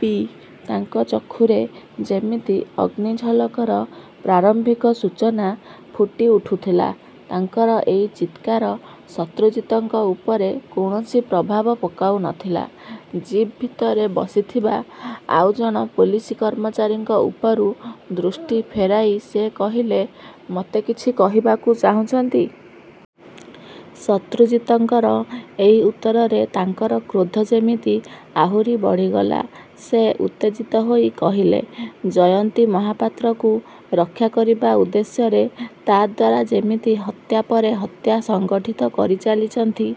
P.. ତାଙ୍କ ଚକ୍ଷୁରେ ଯେମିତି ଅଗ୍ନି ଝଲକର ପ୍ରାରମ୍ଭିକ ସୂଚନା ଫୁଟି ଉଠୁଥିଲା। ତାଙ୍କର ଏଇ ଚିତ୍କାର ଶତ୍ରୁଜିତଙ୍କ ଉପରେ କୌଣସି ପ୍ରଭାବ ପକାଉ ନ ଥିଲା। ଜିପ୍ଭିତରେ ବସିଥିବା ଆଉ। ଜଣ ପୋଲିସ କର୍ମଚାରୀଙ୍କ ଉପରୁ ଦୃଷ୍ଟି ଫେରାଇ ସେ କହିଲେ, 'ମୋତେ କିଛି କହିବାକୁ ଚାହୁଁଛନ୍ତି? ' ଶତ୍ରୁଜିତଙ୍କର ଏଇ ଉତ୍ତରରେ ତାଙ୍କର କ୍ରୋଧ ଯେମିତି ଆହୁରି ବଢ଼ିଗଲା। ସେ ଉତ୍ତେଜିତ ହୋଇ କହିଲେ, 'ଜୟନ୍ତୀ ମହାପାତ୍ରକୁ ରକ୍ଷା କରିବା ଉଦ୍ଦେଶ୍ୟରେ, ତାଦ୍ୱାରା ଯେମିତି ହତ୍ୟା ପରେ ହତ୍ୟା ସଂଗଠିତ କରି ଚାଲିଛନ୍ତି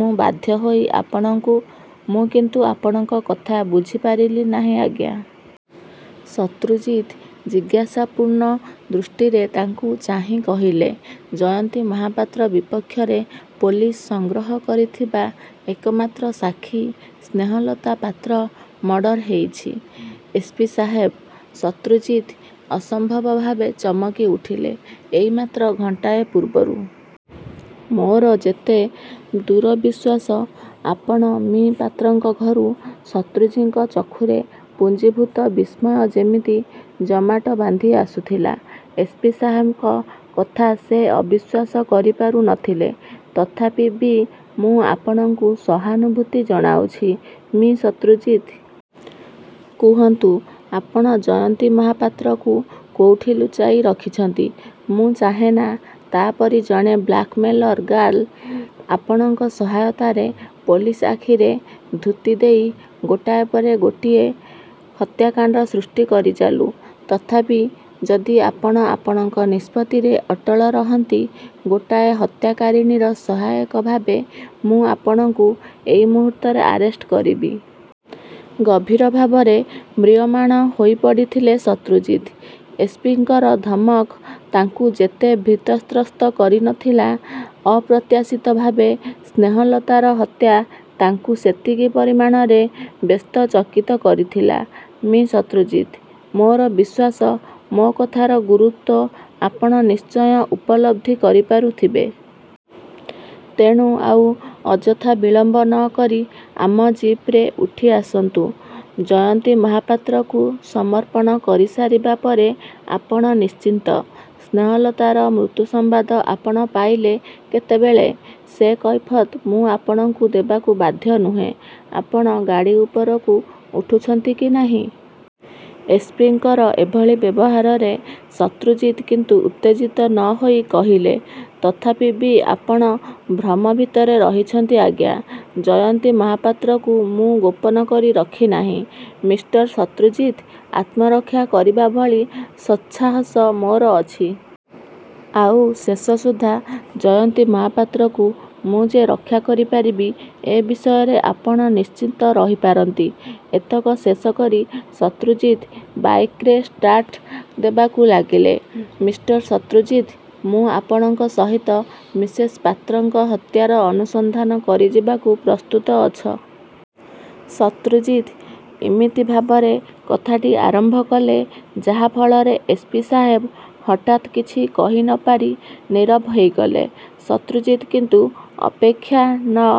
ମୁଁ ବାଧ୍ୟ ହୋଇ ଆପଣଙ୍କୁ। ' 'ମୁଁ କିନ୍ତୁ ଆପଣଙ୍କ କଥା ବୁଝପାରିଲି ନାହିଁ, ଆଜ୍ଞା! ' ଶତ୍ରୁଜିତ ଜିଜ୍ଞାସାପୂର୍ଣ୍ଣ ଦୃଷ୍ଟିରେ ତାଙ୍କୁ ଚାହିଁ କହିଲେ। 'ଜୟନ୍ତୀ ମହାପାତ୍ର ବିପକ୍ଷରେ ପୋଲିସ ସଂଗ୍ରହ କରିଥିବା ଏକମାତ୍ର ସାକ୍ଷୀ ସ୍ନେହଲତା ପାତ୍ର ମର୍ଡ଼ର ହେଇଛି। ' 'ଏସ୍. ପି. ସାହେବ! ' ଶତ୍ରୁଜିତ ଅସମ୍ଭବ ଭାବରେ ଚମକି ଉଠିଲେ। 'ଏଇ। ମାତ୍ର ଘଣ୍ଟାଏ ପୂର୍ବରୁ। ମୋର ଯେତେ ଦୂର ବିଶ୍ୱାସ, ଆପଣ ମି: ପାତ୍ରଙ୍କ ଘରୁ.। ' ଶତ୍ରୁଜିଙ୍କ ଚକ୍ଷୁରେ ପୁଞ୍ଜିଭୂତ ବିସ୍ମୟ ଯେମିତି ଜମାଟ ବାନ୍ଧିଆସୁଥିଲା। ଏସ୍. ପି. ସାହେବଙ୍କ କଥା ସେ ଅବିଶ୍ୱାସ କରି ପାରୁ ନ ଥିଲେ। 'ତଥାପି ବି ମୁଁ ଆପଣଙ୍କୁ ସହାନୁଭୂତି ଜଣାଉଛି, ମି: ଶତ୍ରୁଜିତ! କୁହନ୍ତୁ, ଆପଣ ଜୟନ୍ତୀ ମହାପାତ୍ରକୁ କୋଉଠି ଲୁଚାଇ ରଖିଛନ୍ତି? ମୁଁ ଚାହେଁନା ତା'ପରି ଜଣେ ବ୍ଲାକମେଲର ଗାର୍ଲ ଆପଣଙ୍କ ସହାୟତାରେ ପୋଲିସ ଆଖିରେ ଧୂତି ଦେଇ ଗୋଟାଏ ପରେ ଗୋଟିଏ ହତ୍ୟାକାଣ୍ଡ ସୃଷ୍ଟି କରି ଚାଲୁ। ତଥାପି ଯଦି ଆପଣ ଆପଣଙ୍କ ନିଷ୍କତ୍ତିରେ ଅଟଳ ରହନ୍ତି ଗୋଟାଏ ହତ୍ୟାକାରୀଣୀର ସହାୟକ ଭାବେ ମୁଁ ଆପଣଙ୍କୁ ଏଇ ମୁହୂର୍ତ୍ତରେ ଆରେଷ୍ଟ କରିବି। ' ଗଭୀର ଭାବରେ ମ୍ରିୟମାଣ ହେଇପଡ଼ିଥିଲେ ଶତ୍ରୁଜିତ। ଏସ୍. ପି. ଙ୍କର ଧମକ ତାଙ୍କୁ ଯେତେ ଭୀତତ୍ରସ୍ତ କରି ନ ଥିଲା, ଅପ୍ରତ୍ୟାଶିତଭାବେ ସ୍ନେହଲତାର ହତ୍ୟା ତାଙ୍କୁ ସେତିକି ପରିମାଣରେ ବ୍ୟସ୍ତ ଚକିତ କରିଥିଲା। 'ମି: ଶତ୍ରୁଜିତ! ମୋର ବିଶ୍ୱାସ, ମୋ କଥାର ଗୁରୁତ୍ୱ ଆପଣ ନିଶ୍ଚୟ ଉପଲବ୍ଧି କରିପାରୁଥିବେ। ତେଣୁ ଆଉ ଅଯଥା ବିଳମ୍ବ ନ କରି ଆମ ଜିପ୍ରେ ଉଠିଆସନ୍ତୁ। ଜୟନ୍ତୀ ମହାପାତ୍ରକୁ ସମର୍ପଣ କରିସାରିବା ପରେ ଆପଣ ନିଶ୍ଚିନ୍ତ। ' 'ସ୍ନେହଲତାର ମୃତ୍ୟୁ ସମ୍ବାଦ ଆପଣ ପାଇଲେ କେତେବେଳେ? ' 'ସେ କୈଫିୟତ ମୁଁ ଆପଣଙ୍କୁ ଦେବାକୁ ବାଧ୍ୟ ନୁହେଁ। ଆପଣ ଗାଡ଼ି ଉପରକୁ ଉଠୁଛନ୍ତି କି ନାହିଁ? ' ଏସ୍. ପି. ଙ୍କର ଏଭଳି ବ୍ୟବହାରରେ ଶତ୍ରୁଜିତ କିନ୍ତୁ ଉତ୍ତେଜିତ ନ ହୋଇ କହିଲେ, 'ତଥାପି ବି ଆପଣ ଭ୍ରମ ଭିତରେ ରହିଛନ୍ତି, ଆଜ୍ଞା! ଜୟନ୍ତୀ ମହାପାତ୍ରକୁ ମୁଁ ଗୋପନ କରି ରଖିନାହିଁ। ' 'ମିଷ୍ଟର ଶତ୍ରୁଜିତ! ' 'ଆତ୍ମରକ୍ଷା କରିବା ଭଳି ସତ୍ସାହସ ମୋର ଅଛି। ଆଉ ଶେଷ ସୁଦ୍ଧା ଜୟନ୍ତୀ ମହାପାତ୍ରକୁ ମୁଁ ଯେ ରକ୍ଷା କରିପାରିବି, ଏ ବିଷୟରେ ଆପଣ ନିଶ୍ଚିତ ରହିପାରନ୍ତି। ' ଏତକ ଶେଷ କରି ଶତ୍ରୁଜିତ ବାଇକ୍ରେ ଷ୍ଟାର୍ଟ ଦେବାକୁ ଲାଗିଲେ। 'ମିଷ୍ଟର ଶତ୍ରୁଜିତ! ' 'ମୁଁ ଆପଣଙ୍କ ସହିତ ମିସେସ୍ ପାତ୍ରଙ୍କ ହତ୍ୟାର ଅନୁସନ୍ଧାନ କରିଯିବାକୁ ପ୍ରସ୍ତୁତ ଅଛ। ' ଶତ୍ରୁଜିତ ଇମିତି ଭାବରେ କଥାଟି ଆରମ୍ଭ କଲେ ଯାହା ଫଳରେ ଏସ୍. ପି. ସାହେବ ହଠାତ୍ କିଛି କହି ନ ପାରି ନୀରବ ହେଇଗଲେ। ଶତ୍ରୁଜିତ କିନ୍ତୁ ଅପେକ୍ଷା ନ